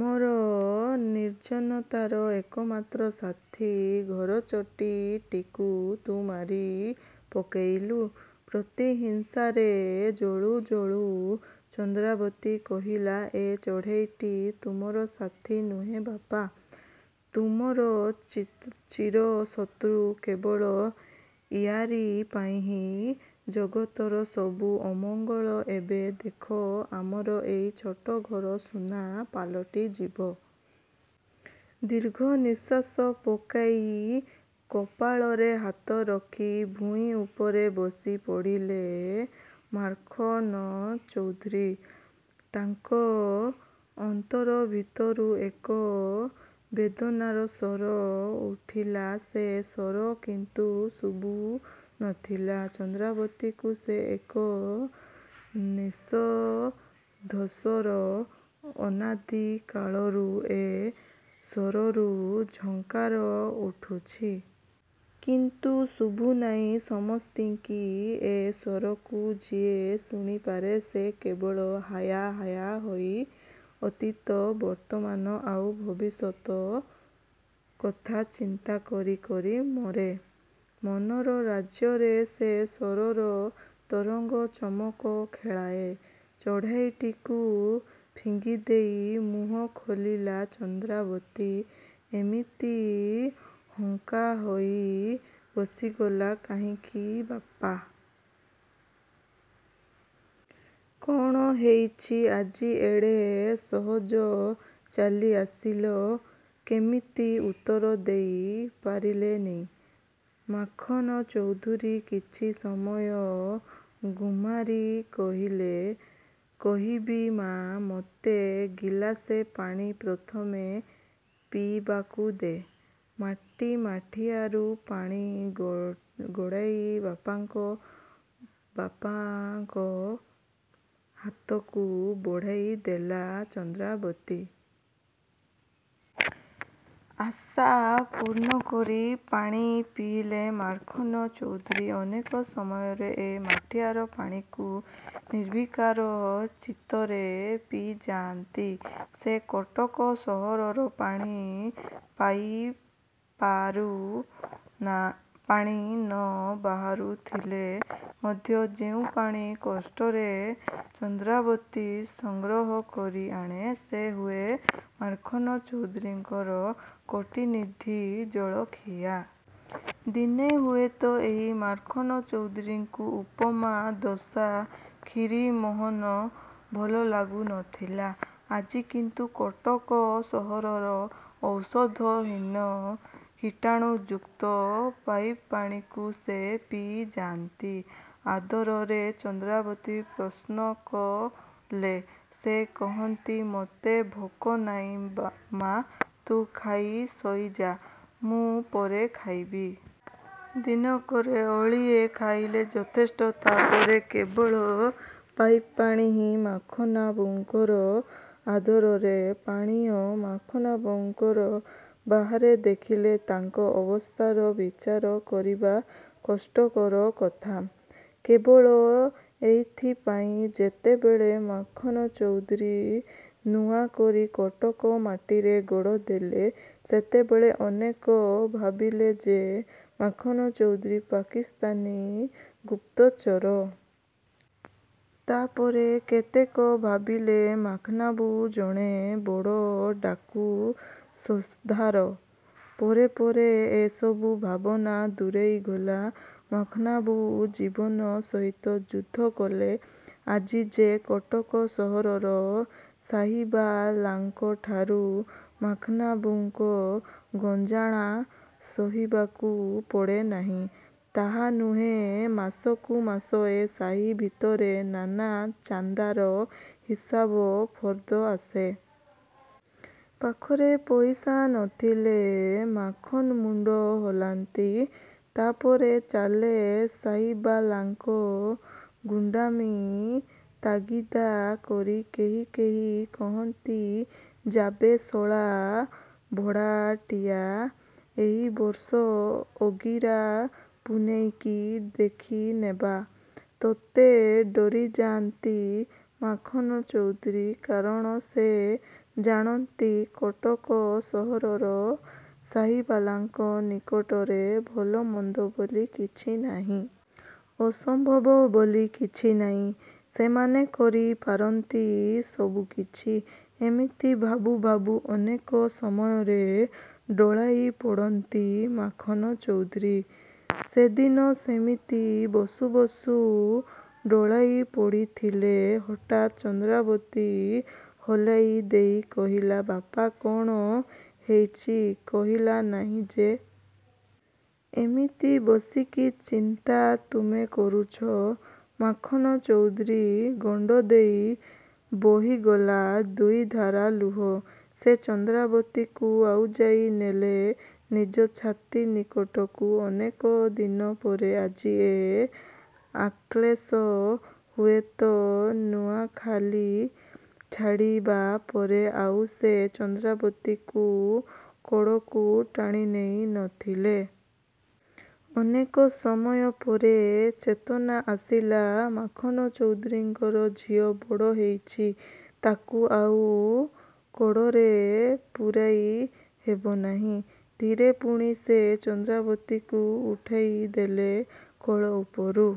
ମୋର ନିର୍ଜନତାର ଏକମାତ୍ର ସାଥୀ ଘରଚଟୀଟିକୁ ତୁ ମାରି ପକାଇଲୁ? ପ୍ରତିହିଂସାରେ ଜଳୁ ଜଳୁ ଚନ୍ଦ୍ରାବତୀ କହିଲା.. ଏ ଚଢେଇଟି ତୁମର ସାଥୀ ନୁହେଁ ବାପା-! ତୁମର ଚିର ଶତ୍ରୁ। କେବଳ ଇଆରି ପାଇଁ ହିଁ ଜଗତର ସବୁ ଅମଙ୍ଗଳ। ଏବେ ଦେଖ ଆମର ଏଇ ଛୋଟ ଘର ସୁନା ପାଲଟି ଯିବ। ଦୀର୍ଘ ନିଃଶ୍ୱାସ ପକାଇ କପାଳରେ ହାତ ରଖି ଭୂଇଁ ଉପରେ ବସି ପଡ଼ିଲେ ମାଖନ୍ଚୌଧୁରୀ। ତାଙ୍କ ଅନ୍ତର ଭିତରୁ ଏକ ବେଦନାର ସ୍ୱର ଉଠିଲା। ସେ ସ୍ୱର କିନ୍ତୁ ଶୁଭୁ ନ ଥିଲା ଚନ୍ଦ୍ରାବତୀକୁ। ସେ ଏକ ନିଃଶବ୍ଦସ୍ୱର। ଅନାଦି କାଳରୁ ଏ ସ୍ୱରରୁ ଝଙ୍କାର ଉଠୁଛି। କିନ୍ତୁ ଶୁଭୁନାହିଁ ସମସ୍ତିଙ୍କି। ଏ ସ୍ୱରକୁ ଯିଏ ଶୁଣିପାରେ ସେ କେବଳ ହାୟ ହାୟ ହୋଇ ଅତୀତ, ବର୍ତ୍ତମାନ ଆଉ ଭବିଷ୍ୟତ କଥା ଚିନ୍ତା କରି କରି ମରେ। ମନର ରାଜ୍ୟରେ ସେ ସ୍ୱରର ତରଙ୍ଗ ଚମକ ଖେଳାଏ। ଚଢ଼େଇଟିକୁ ଫିଙ୍ଗିଦେଇ ମୁହଁ ଖୋଲିଲା ଚନ୍ଦ୍ରାବତି ଏମିତି ଅକ୍କା ହୋଇ ବସିଗଲା କାହିଁକି ବାପା? କ'ଣ ହେଇଛି? ଆଜି ଏଡ଼େ ସହଜ ଚାଲି ଆସିଲ କେମିତି? ଉତ୍ତର ଦେଇ ପାରିଲେ ନି ମାଖନ୍ଚୌଧୁରୀ। କିଛି ସମୟ ଗୁମ୍ମାରି କହିଲେ କହିବି ମା ମୋତେ ଗିଲାସେ ପାଣି ପ୍ରଥମେ ପିଇବାକୁ ଦେ। ମାଟି ମାଠିଆରୁ ପାଣି ଗଡ଼ାଇ ବାପାଙ୍କ ବାପାଙ୍କ ହାତକୁ ବଢ଼ାଇ ଦେଲା ଚନ୍ଦ୍ରାବତୀ। ଆଶାପୂର୍ଣ୍ଣ କରି ପାଣି ପିଇଲେ ମାଖନ୍ଚୌଧୁରୀ। ଅନେକ ସମୟରେ ଏ ମାଠିଆର ପାଣିକୁ ନିର୍ବିକାର ଚିତ୍ତରେ ପିଇଯାଆନ୍ତି ସେ। କଟକ ସହରର ପାଣି ପାଇପାରୁ ପାଣି ନ ବାହାରୁଥିଲେ ମଧ୍ୟ ଯେଉଁ ପାଣି କଷ୍ଟରେ ଚନ୍ଦ୍ରାବତୀ ସଂଗ୍ରହ କରି ଆଣେ ସେ ହୁଏ ମାଖନ୍ଚୌଧୁରୀଙ୍କର କୋଟିନିଧି ଜଳଖିଆ। ଦିନେ ହୁଏତ ଏଇ ମାଖନ୍ଚୌଧୁରୀଙ୍କୁ ଉପମା ଦୋସା ଖିରିମୋହନ ଭଲ ଲାଗୁ ନ ଥିଲା। ଆଜି କିନ୍ତୁ କଟକ ସହରର ଔଷଧହୀନ କୀଟାଣୁଯୁକ୍ତ ପାଇପ୍ ପାଣିକୁ ସେ ପିଇ ଯାଆନ୍ତି ଆଦରରେ। ଚନ୍ଦ୍ରାବତୀ ପ୍ରଶ୍ନକଲେ ସେ କହନ୍ତି ମୋତେ ଭୋକ ନାହିଁ ମା ତୁ ଖାଇ ଶୋଇ ଯା, ମୁଁ ପରେ ଖାଇବି। ଦିନକରେ ଓଳିଏ ଖାଇଲେ ଯଥେଷ୍ଟ, ତା'ପରେ କେବଳ ପାଇପ୍ପାଣି ହିଁ ମାଖନ୍ବାବୁଙ୍କର ଆଦରର ପାନୀୟ। ମାଖନ୍ବାବୁଙ୍କୁ ବାହାରେ ଦେଖିଲେ ତାଙ୍କ ଅବସ୍ଥାର ବିଚାର କରିବା କଷ୍ଟକର କଥା। କେବଳ ଏଇଥିପାଇଁ ଯେତେବେଳେ ମାଖନ୍ଚୌଧୁରୀ ନୂଆ କରି କଟକ ମାଟିରେ ଗୋଡ଼ ଦେଲେ ସେତେବେଳେ ଅନେକ ଭାବିଲେ ଯେ ମାଖନ୍ଚୌଧୁରୀ ପାକିସ୍ଥାନୀ ଗୁପ୍ତଚର। ତା'ପରେ କେତେକ ଭାବିଲେ ମାଖନ୍ବାବୁ ଜଣେ ବଡ଼ ଡାକୁ ସର୍ଦ୍ଦାର। ପରେ ପରେ ଏ ସବୁ ଭାବନା ଦୂରେଇ ଗଲା। ମାଖନ୍ବାବୁ ଜୀବନ ସହିତ ଯୁଦ୍ଧ କଲେ। ଆଜି ଯେ କଟକ ସହରର ସାହୀବାଲାଙ୍କଠାରୁ ମାଖନ୍ବାବୁଙ୍କ ଗଞ୍ଜଣା ସହିବାକୁ ପଡ଼େ ନାହିଁ ତାହା ନୁହେଁ। ମାସକୁ ମାସ ଏ ସାହୀ ଭିତରେ ନାନା ଚାନ୍ଦାର ହିସାବ ଫର୍ଦ୍ଦ ଆସେ। ପାଖରେ ପଇସା ନ ଥିଲେ ମାଖନ୍ ମୁଣ୍ଡ ହଲାନ୍ତି। ତା'ପରେ ଚାଲେ ସାହୀବାଲାଙ୍କ ଗୁଣ୍ତାମୀ। ତାଗିଦା କରି କେହି କେହି କହନ୍ତି ଯାବେ ଶଳା ଭଡ଼ାଟିଆ ଏଇ ବର୍ଷ ଅଗିରା ପୂନେଇକି ଦେଖିନେବା ତୋତେ। ଡରିଯାଆନ୍ତି ମାଖନ୍ଚୌଧୁରୀ। କାରଣ ସେ ଜାଣନ୍ତି କଟକ ସହରର ସାହୀବାଲାଙ୍କ ନିକଟରେ ଭଲ ମନ୍ଦ ବୋଲି କିଛି ନାହିଁ। ଅସମ୍ଭବ ବୋଲି କିଛି ନାହିଁ। ସେମାନେ କରି ପାରନ୍ତି ସବୁକିଛି। ଏମିତି ଭାବୁ ଭାବୁ ଅନେକ ସମୟରେ ଢୋଳାଇ ପଡ଼ନ୍ତି ମାଖନ ଚୌଧୁରୀ। ସେଦିନ ସେମିତି ବସୁ ବସୁ ଢୋଳାଇ ପଡ଼ୁଥିଲେ। ହଠାତ୍ ଚନ୍ଦ୍ରାବତୀ ହଲାଇ ଦେଇ କହିଲା ବାପା! କ'ଣ ହେଇଛି କହିଲା ନାହିଁ ଯେ? ଏମିତି ବସି କି ଚିନ୍ତା ତୁମେ କରୁଛ? ମାଖନ ଚୌଧୁରୀ ଗଣ୍ଡଦେଇ ବହିଗଲା ଦୁଇଧାରା ଲୁହ। ସେ ଚନ୍ଦ୍ରାବତୀକୁ ଆଉଜାଇ ନେଲେ ନିଜ ଛାତି ନିକଟକୁ। ଅନେକ ଦିନ ପରେ ଆଜି ଏ ଆଶ୍ଲେଷ। ହୁଏତ ନୂଆଖାଲି ଛାଡ଼ିବା ପରେ ଆଉ ସେ ଚନ୍ଦ୍ରାବତୀକୁ କୋଡ଼କୁ ଟାଣିନେଇ ନ ଥିଲେ। ଅନେକ ସମୟ ପରେ ଚେତନା ଆସିଲା ମାଖନ୍ଚୌଧୁରୀଙ୍କର। ଝିଅ ବଡ଼ ହେଇଛି। ତାକୁ ଆଉ କୋଡ଼ରେ ପୂରାଇ ହେବନାହିଁ। ଧୀରେ ପୁଣି ସେ ଚନ୍ଦ୍ରାବତୀକୁ ଉଠାଇ ଦେଲେ କୋଳ ଉପରୁ।